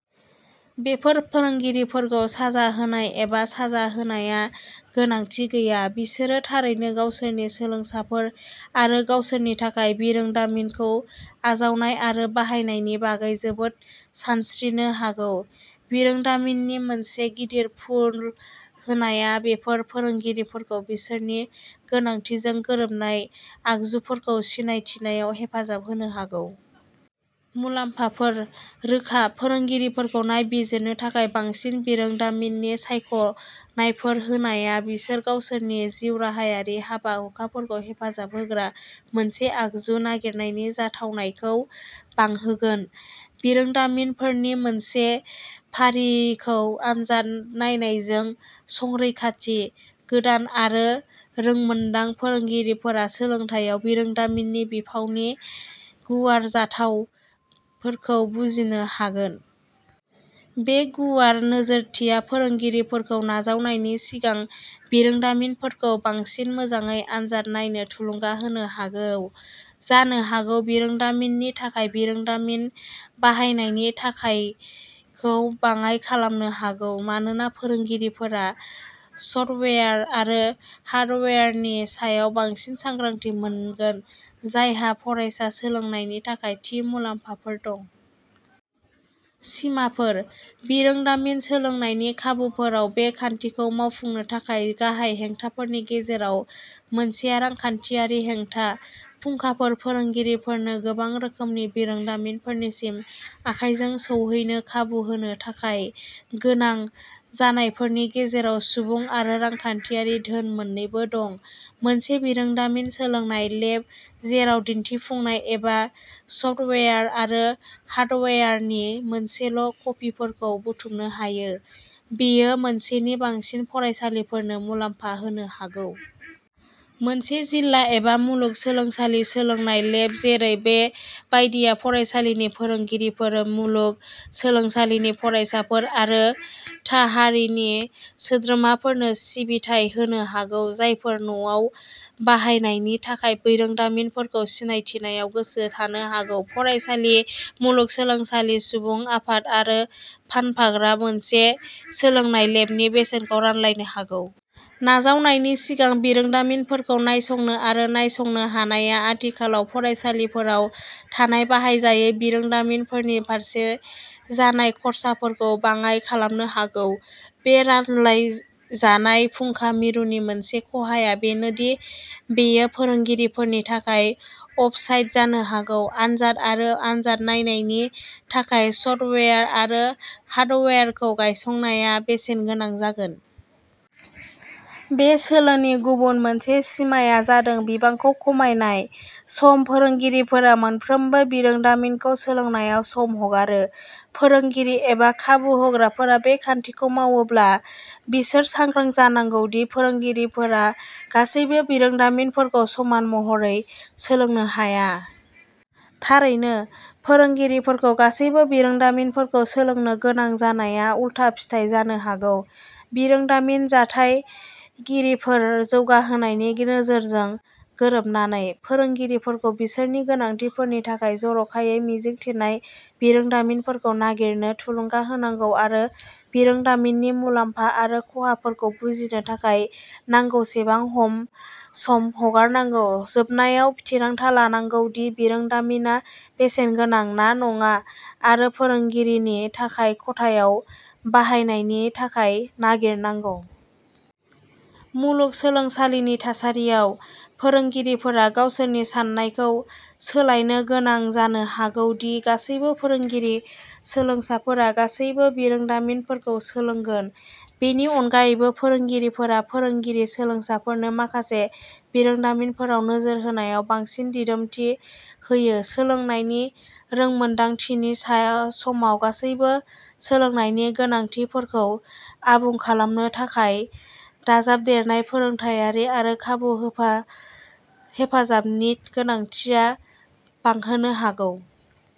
बेफोर फोरोंगिरिफोरखौ साजा होनाय एबा साजा होनाया गोनांथि गैया; बिसोरो थारैनो गावसोरनि सोलोंसाफोर आरो गावसोरनि थाखाय बिरोंदामिनखौ आजावनाय आरो बाहायनायनि बागै जोबोद सानस्रिनो हागौ। बिरोंदामिननि मोनसे गिदिर पुल होनायआ बेफोर फोरोंगिरिफोरखौ बिसोरनि गोनांथिजों गोरोबनाय आगजुफोरखौ सिनायथिनायाव हेफाजाब होनो हागौ। मुलाम्फाफोर। रोखा, फोरोंगिरिफोरखौ नायबिजिरनो थाखाय बांसिन बिरोंदामिननि सायख'नायफोर होनाया बिसोर गावसोरनि जिउराहायारि हाबा-हुखाफोरखौ हेफाजाब होग्रा मोनसे आगजु नागिरनायनि जाथावनाखौ बांहोगोन। बिरोंदामिनफोरनि मोनसे फारिखौ आनजाद नायनायजों, संरैखाथि, गोदान आरो रोंमोन्दां फोरोंगिरिफोरा सोलोंथायाव बिरोंदामिननि बिफावनि गुवार जाथावफोरखौ बुजिनो हागोन। बे गुवार नोजोरथिया फोरोंगिरिफोरखौ नाजावनायनि सिगां बिरोंदामिनफोरखौ बांसिन मोजाङै आनजाद नायनो थुलुंगा होनो हागौ, जानो हागौ बिरोंदामिननि थाखाय बिरोंदामिन बाहायनायनि थाथायखौ बाङाइ खालामनो हागौ, मानोना फोरोंगिरिफोरा सफ्टवेयार आरो हार्डवेयारनि सायाव बांसिन सांग्रांथि मोनगोन जायहा फरायसा सोलोंनायनि थाखाय थि मुलाम्फाफोर दं। सिमाफोर। बिरोंदामिन-सोलोंनायनि खाबुफोराव बे खान्थिखौ मावफुंनो थाखाय गाहाय हेंथाफोरनि गेजेराव मोनसेआ रांखान्थियारि हेंथा। फुंखाफोर फोरोंगिरिफोरनो गोबां रोखोमनि बिरोंदामिनफोरसिम आखायजों सौहैनो खाबु होनो थाखाय गोनां जानायफोरनि गेजेराव सुबुं आरो रांखान्थियारि धोन मोन्नैबो दं। मोनसे बिरोंदामिन सोलोंनाय लेब जेराव दिन्थिफुंनाय एबा सफ्टवेयार आरो हार्डवेयारनि मोनसेल'कपिफोरखौ बुथुमनो हायो, बेयो मोनसेनि बांसिन फरायसालिफोरनो मुलाम्फा होनो हागौ। मोनसे जिल्ला एबा मुलुग सोलोंसालि सोलोंनाय लेब जेरै बे बायदिआ फरायसालिनि फोरोंगिरिफोर, मुलुग सोलोंसालिनि फरायसाफोर आरो था हारिनि सोद्रोमाफोरनो सिबिथाय होनो हागौ, जायफोरा न'आव बाहायनायनि थाखाय बिरोंदामिनफोरखौ सिनायथिनायाव गोसो थानो हागौ। फरायसालि, मुलुगसोलोंसालि, सुबुं आफाद आरो फानग्राफ्रा मोनसे सोलोंनाय लेबनि बेसेनखौ रानलायनो हागौ। नाजावनायनि सिगां बिरोंदामिनफोरखौ नायसंनो आरो नायसंनो हानायआ आथिखालाव फरायसालिफोराव थानाय बाहायजायै बिरोंदामिनफोरनि फारसे जानाय खर्साफोरखौ बाङाय खालामनो हागौ। बे रानलायजानाय फुंखा मिरुनि मोनसे खहाया बेनो दि बेयो फोरोंगिरिफोरनि थाखाय अफसाइट जानो हागौ। आनजाद आरो आनजाद नायनायनि थाखाय सफ्टवेयार आरो हार्डवेयारखौ नायसंनाया बेसेनगोनां जागोन। बे सोलोनि गुबुन मोनसे सिमाआ जादों बिबांखौ खमायनाय। सम फोरोंगिरिफोरा मोनफ्रोमबो बिरोंदामिनखौ सोलोंनायाव सम हगारो। फोरोंगिरि एबा खाबु होग्राफोरा बे खान्थिखौ मावोब्ला, बिसोर सांग्रां जानांगौ दि फोरोंगिरिफोरा गासैबो बिरोंदामिनफोरखौ समान महरै सोलोंनो हाया। थारैनो, फोरोंगिरिफोरखौ गासैबो बिरोंदामिनफोरखौ सोलोंनो गोनां जानाया उलथा फिथाय जानो हागौ। बिरोंदामिन जथायगिरिफोर जौगाहोनायनि नोजोरजों गोरोबनानै, फोरोंगिरिफोरखौ बिसोरनि गोनांथिफोरनि थाखाय जरखायै मिजिं थिनाय बिरोंदामिनफोरखौ नागिरनो थुलुंगा होनांगौ आरो बिरोंदामिननि मुलाम्फा आरो खहाफोरखौ बुजिनो थाखाय नांगौसेबां हम सम हगारनांगौ, जोबनायाव थिरांथा लानांगौ दि बिरोंदामिनआ बेसेनगोनां ना नङा आरो फोरोंगिरिनि थाखो खथायाव बाहायनायनि थाखाय नागिरनांगौ। मुलुग सोलोंसालिनि थासारियाव, फोरोंगिरिफोरा गावसोरनि सान्नायखौ सोलायनो गोनां जानो हागौ दि गासैबो फोरोंगिरि-सोलोंसाफोरा गासैबो बिरोंदामिनफोरखौ सोलोंगोन। बेनि अनगायैबो, फोरोंगिरिफोरा फोरोंगिरि-सोलोंसाफोरनो माखासे बिरोंदामिनफोराव नोजोर होनायाव बांसिन दिदोमथि होयो, सोलोंनायनि रोंमोनदांथिनि सा समाव गासैबो सोलोंनायनि गोनांथिफोरखौ आबुं खालामनो थाखाय दाजाबदेरनाय फोरोंथायारि आरो खाबु हो हेफाजाबनि गोनांथिआ बांहोनो हागौ।